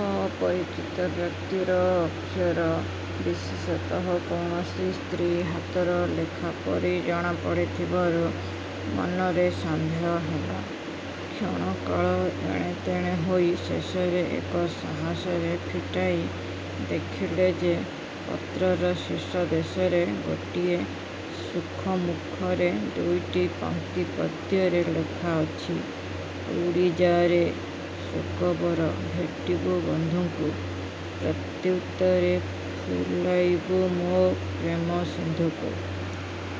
ଅପରିଚିତ ବ୍ୟକ୍ତିର ଅକ୍ଷର, ବିଶେଷତଃ କୌଣସି ସ୍ତ୍ରୀ ହାତର ଲେଖା ପରି ଜଣା ପଡ଼ିବାରୁ ମନରେ ସନ୍ଦେହ ହେଲା। କ୍ଷଣକାଳ ଏଣେତେଣେ ହୋଇ ଶେଷରେ ଏକ ସାହସରେ ଫିଟାଇ ଦେଖିଲେ ଯେ- ପତ୍ରର ଶୀର୍ଷଦେଶରେ ଗୋଟିଏ ଶୁକମୁଖରେ ଦୁଇଟି ପଂକ୍ତି ପଦ୍ୟରେ ଲେଖା ଅଛି। ''ଉଡ଼ିଯା ରେ ଶୁକବର ଭେଟିବୁ ବନ୍ଧୁଙ୍କୁ, ପ୍ରତ୍ୟୁତ୍ତରେ ଫୁଲାଇବୁ ମୋ ପ୍ରେମସିନ୍ଧୁକୁ।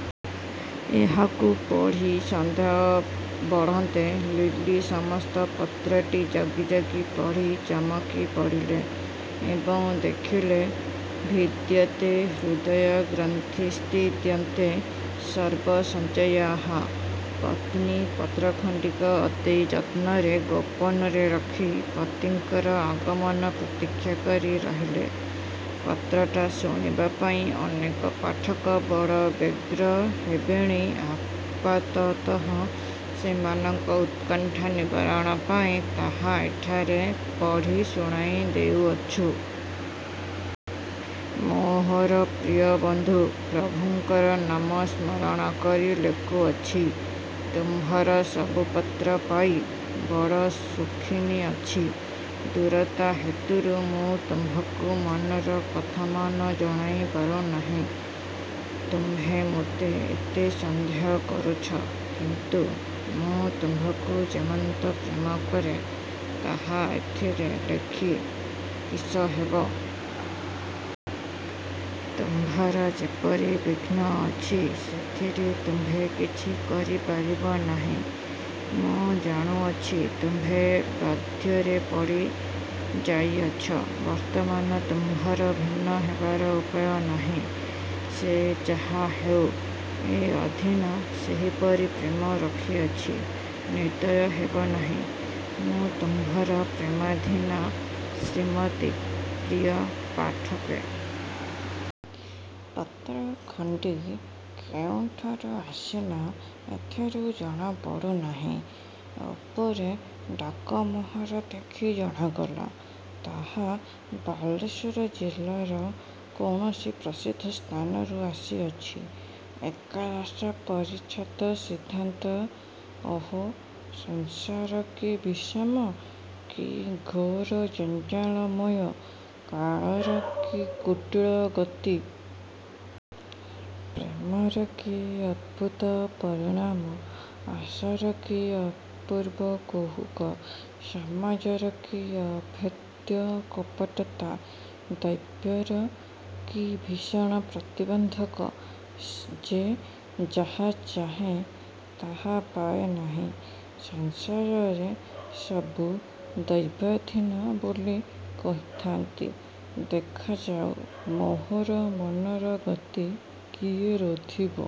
'' ଏହାକୁ ପଢ଼ି ସନ୍ଦେହ ବଢ଼ନ୍ତେ ଲିଲି ସମସ୍ତ ପତ୍ରଟି ଜଗି ଜଗି ପଢ଼ି ଚମକିପଡ଼ିଲେ ଏବଂ ଦେଖିଲେ ''ଭିଦ୍ୟତେ ହୃଦୟଗ୍ରନ୍ଥିଶ୍ଛିଦ୍ୟନ୍ତେ ସର୍ବସଂଶୟାଃ। '' ପତ୍ନୀ ପତ୍ରଖଣ୍ଡିକ ଅତି ଯତ୍ନରେ ଗୋପନରେ ରଖି ପତିଙ୍କର ଆଗମନ ପ୍ରତୀକ୍ଷା କରି ରହିଲେ। ପତ୍ରଟା ଶୁଣିବାପାଇଁ ଅନେକ ପାଠକ ବଡ଼ ବ୍ୟଗ୍ର ହେବେଣି ଆପାତତଃ ସେମାନଙ୍କ ଉତ୍କଣ୍ଠା ନିବାରଣପାଇଁ ତାହା ଏଠାରେ ପଢ଼ି ଶୁଣାଇ ଦେଉଅଛୁଁ। ମୋହର ପ୍ରିୟ ବନ୍ଧୁ, ପ୍ରଭୁଙ୍କର ନାମ ସ୍ମରଣ କରି ଲେଖୁଅଛି। ତୁମ୍ଭର ସବୁ ପତ୍ର ପାଇ ବଡ଼ ସୁଖିନୀ ଅଛି। ଦୂରତା ହେତୁରୁ ମୁଁ ତୁମ୍ଭଙ୍କୁ ମନର କଥାମାନ ଜଣାଇ ପାରୁ ନାହିଁ। ତୁମ୍ଭେ ମୋତେ ଏତେ ସନ୍ଦେହ କରୁଛ, କିନ୍ତୁ ମୁଁ ତୁମ୍ଭଙ୍କୁ ଯେମନ୍ତ ପ୍ରେମ କରେଁ, ତାହା ଏଥିରେ ଲେଖି କିସ ହେବ? ତୁମ୍ଭର ଯେପରି ବିଘ୍ନ ଅଛି, ସେଥିରେ ତୁମ୍ଭେ କିଛି କରି ପାରିବ ନାହିଁ। ମୁଁ ଜାଣୁଅଛି, ତୁମ୍ଭେ ବାଧ୍ୟରେ ପଡ଼ି ଯାଇଅଛ। ବର୍ତ୍ତମାନ ତୁମ୍ଭର ଭିନ୍ନ ହେବାର ଉପାୟ ନାହିଁ। ସେ ଯାହାହେଉ, ଏ ଅଧୀନା ସେହିପରି ପ୍ରେମ ରଖିଅଛି। ନିର୍ଦୟ ହେବ ନାହିଁ। ମୁଁ ତୁମ୍ଭର ପ୍ରେମାଧୀନା ଶ୍ରୀମତୀ- ପ୍ରିୟ ପାଠକେ! ପତ୍ର ଖଣ୍ତି କେଉଁଠାରୁ ଆସିଲା, ଏଥିରୁ ଜଣା ପଡ଼ୁନାହିଁ। ଉପରେ ଡାକ ମୋହର ଦେଖି ଜଣାଗଲା, ତାହା ବାଲେଶ୍ୱର ଜିଲ୍ଲାର କୌଣସି ପ୍ରସିଦ୍ଧ ସ୍ଥାନରୁ ଆସିଅଛି। ଏକାଦଶ ପରିଚ୍ଛେଦ ସିଦ୍ଧାନ୍ତ 'ଅହୋ! ସଂସାର କି ବିଷମ! କି ଘୋର ଜଞ୍ଜାଳମୟ! କାଳର କି କୁଟିଳ ଗତି! ପ୍ରେମର କି ଅଦ୍ଭୁତ ପରିଣାମ! ଆଶାର କି ଅପୂର୍ବ କୁହକ! ସମାଜର କି ଅଭେଦ୍ୟ କପଟତା! ଦୈବର କି ଭୀଷଣ ପ୍ରତିବନ୍ଧକ! ଯେ ଯାହା ଚାହେଁ, ତାହା ପାଏ ନାହିଁ। ସଂସାରରେ ସବୁ ଦୈବାଧୀନ ବୋଲି କହିଥାନ୍ତି। ଦେଖାଯାଉ ମୋହର ମନର ଗତି କିଏ ରୋଧିବ?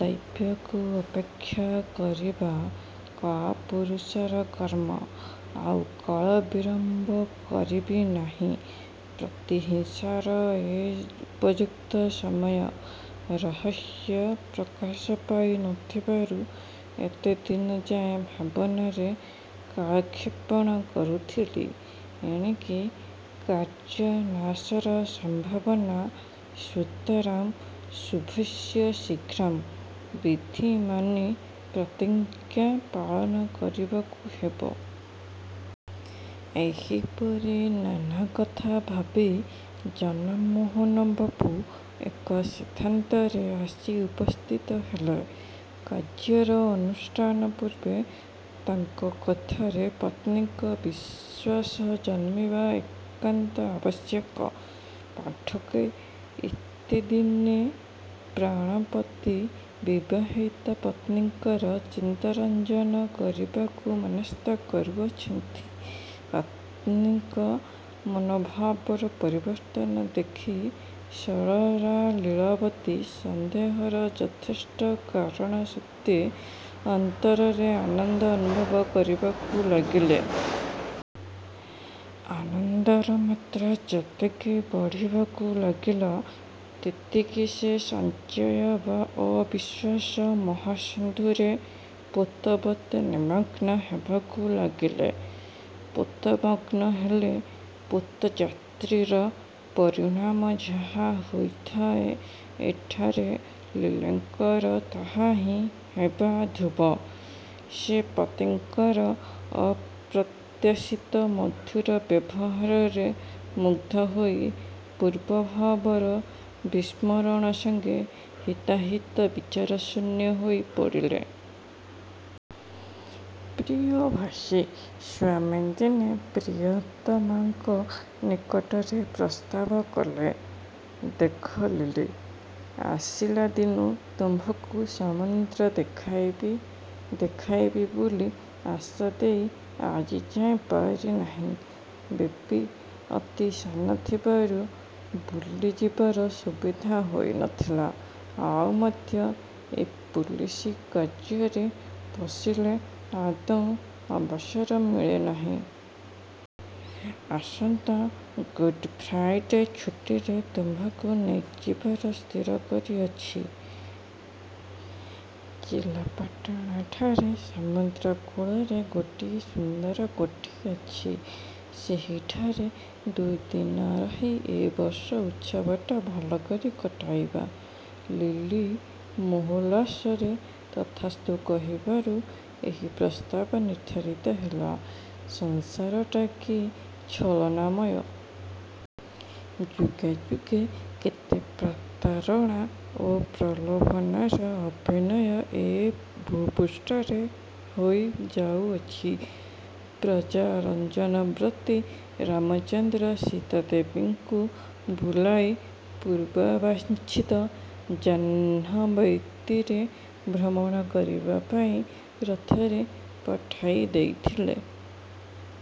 ଦୈବକୁ ଅପେକ୍ଷା କରିବା କାପୁରୂଷର କର୍ମ। ଆଉ କାଳ ବିଳମ୍ୱ କରିବି ନାହିଁ। ପ୍ରତିହିଂସାର ଏ ଉପଯୁକ୍ତ ସମୟ। ରହସ୍ୟ ପ୍ରକାଶ ପାଇ ନ ଥିବାରୁ ଏତେଦିନଯାଏ ଭାବନାରେ କାଳକ୍ଷେପଣ କରୁଥିଲି। ଏଣିକି କାର୍ଯ୍ୟନାଶର ସମ୍ଭାବନା। ସୁତରାଂ ଶୁଭସ୍ୟ ଶୀଘ୍ରଂ' ବିଧି ମାନି ପ୍ରତିଜ୍ଞା ପାଳନ କରିବାକୁ ହେବ। ' ଏହିପରି ନାନା କଥା ଭାବି ଜନମୋହନ ବାବୁ ଏକ ସିଦ୍ଧାନ୍ତରେ ଆସି ଉପସ୍ଥିତ ହେଲେ। କାର୍ଯ୍ୟର ଅନୁଷ୍ଠାନ ପୂର୍ବେ ତାଙ୍କ କଥାରେ ପତ୍ନୀଙ୍କ ବିଶ୍ୱାସ ଜନ୍ମିବା ଏକାନ୍ତ ଆବଶ୍ୟକ। ପାଠକେ! ଏତେଦିନେ ପ୍ରାଣପତି ବିବାହିତା ପତ୍ନୀଙ୍କର ଚିତ୍ତରଞ୍ଜନ କରିବାକୁ ମନଃସ୍ଥ କରୁଅଛନ୍ତି! ପତିଙ୍କ ମନୋଭାବର ପରିବର୍ତ୍ତନ ଦେଖି ସରଳା ଲୀଳାବତୀ ସନ୍ଦେହର ଯଥେଷ୍ଟ କାରଣ ସତ୍ତ୍ୱେ ଅନ୍ତରରେ ଆନନ୍ଦ ଅନୁଭବ କରିବାକୁ ଲାଗିଲେ। ଆନନ୍ଦର ମାତ୍ରା ଯେତିକି ବଢ଼ିବାକୁ ଲାଗିଲା, ତେତିକି ସେ ସଂଶୟ ବା ଅବିଶ୍ୱାସ ମହାସିନ୍ଧୁରେ ପୋତବତ୍ ନିମଗ୍ନ ହେବାକୁ ଲାଗିଲେ। ପୋତ ମଗ୍ନ ହେଲେ ପୋତଯାତ୍ରୀର ପରିଣାମ ଯାହା ହୋଇଥାଏ, ଏଠାରେ ଲିଲିଙ୍କର ତାହାହିଁ ହେବା ଧ୍ରୁବ। ସେ ପତିଙ୍କର ଅପ୍ରତ୍ୟାଶିତ ମଧୁର ବ୍ୟବହାରରେ ମୁଗ୍ଧ ହୋଇ ପୂର୍ବ ଭାବର ବିସ୍ମରଣ ସଙ୍ଗେ ହିତାହିତ ବିଚାରଶୂନ୍ୟା ହୋଇ ପଡ଼ିଲେ। ପ୍ରିୟଭାଷୀ ସ୍ୱାମୀ ଦିନେ ପ୍ରିୟତମାଙ୍କ ନିକଟରେ ପ୍ରସ୍ତାବ କଲେ- 'ଦେଖ ଲିଲି! ଆସିଲାଦିନୁଁ ତୁମ୍ଭଙ୍କୁ ସମୁଦ୍ର ଦେଖାଇବି ଦେଖାଇବି ବୋଲି ଆଶା ଦେଇ ଆଜିଯାଏ ପାରି ନାହିଁ। ବେବି ଅତି ସାନ ଥିବାରୁ ବୁଲି ଯିବାର ସୁବିଧା ହୋଇ ନ ଥିଲା। ଆଉ ମଧ୍ୟ ଏ ପୁଲିସ କାର୍ଯ୍ୟରେ ପଶିଲେ ଆଦୌ ଅବସର ମିଳେ ନାହିଁ-। ଆସନ୍ତା ଗୁଡ଼ ଫ୍ରାଇଡ଼େ ଛୁଟିରେ ତୁମ୍ଭଙ୍କୁ ନେଇଯିବାର ସ୍ଥିର କରିଅଛି। ଚିଲାପାଟଣାଠାରେ ସମୁଦ୍ର-କୂଳରେ ଗୋଟିଏ ସୁନ୍ଦର କୋଠି ଅଛି। ସେହିଠାରେ ଦୁଇ ଦିନ ରହି ଏ ବର୍ଷ ଉତ୍ସବଟା ଭଲକରି କଟାଇବା। ' ଲିଲି ମହୋଲ୍ଲାସରେ 'ତଥାସ୍ତୁ' କହିବାରୁ ଏହି ପ୍ରସ୍ତାବ ନିର୍ଦ୍ଧାରିତ ହେଲା। ସଂସାରଟା କି ଛଳନାମୟ! ଯୁଗେ ଯୁଗେ କେତେ ପ୍ରତାରଣା ଓ ପ୍ରଲୋଭନର ଅଭିନୟ ଏ ଭୂପୃଷ୍ଠରେ ହୋଇ ଯାଉଅଛି। ପ୍ରଜାରଞ୍ଜନବ୍ରତୀ ରାମଚନ୍ଦ୍ର ସୀତାଦେବୀଙ୍କୁ ଭୁଲାଇ ପୂର୍ବବାଞ୍ଛିତ ଜାହ୍ନବୀତୀରେ ଭ୍ରମଣ କରିବାପାଇଁ ରଥରେ ପଠାଇ ଦେଇଥିଲେ।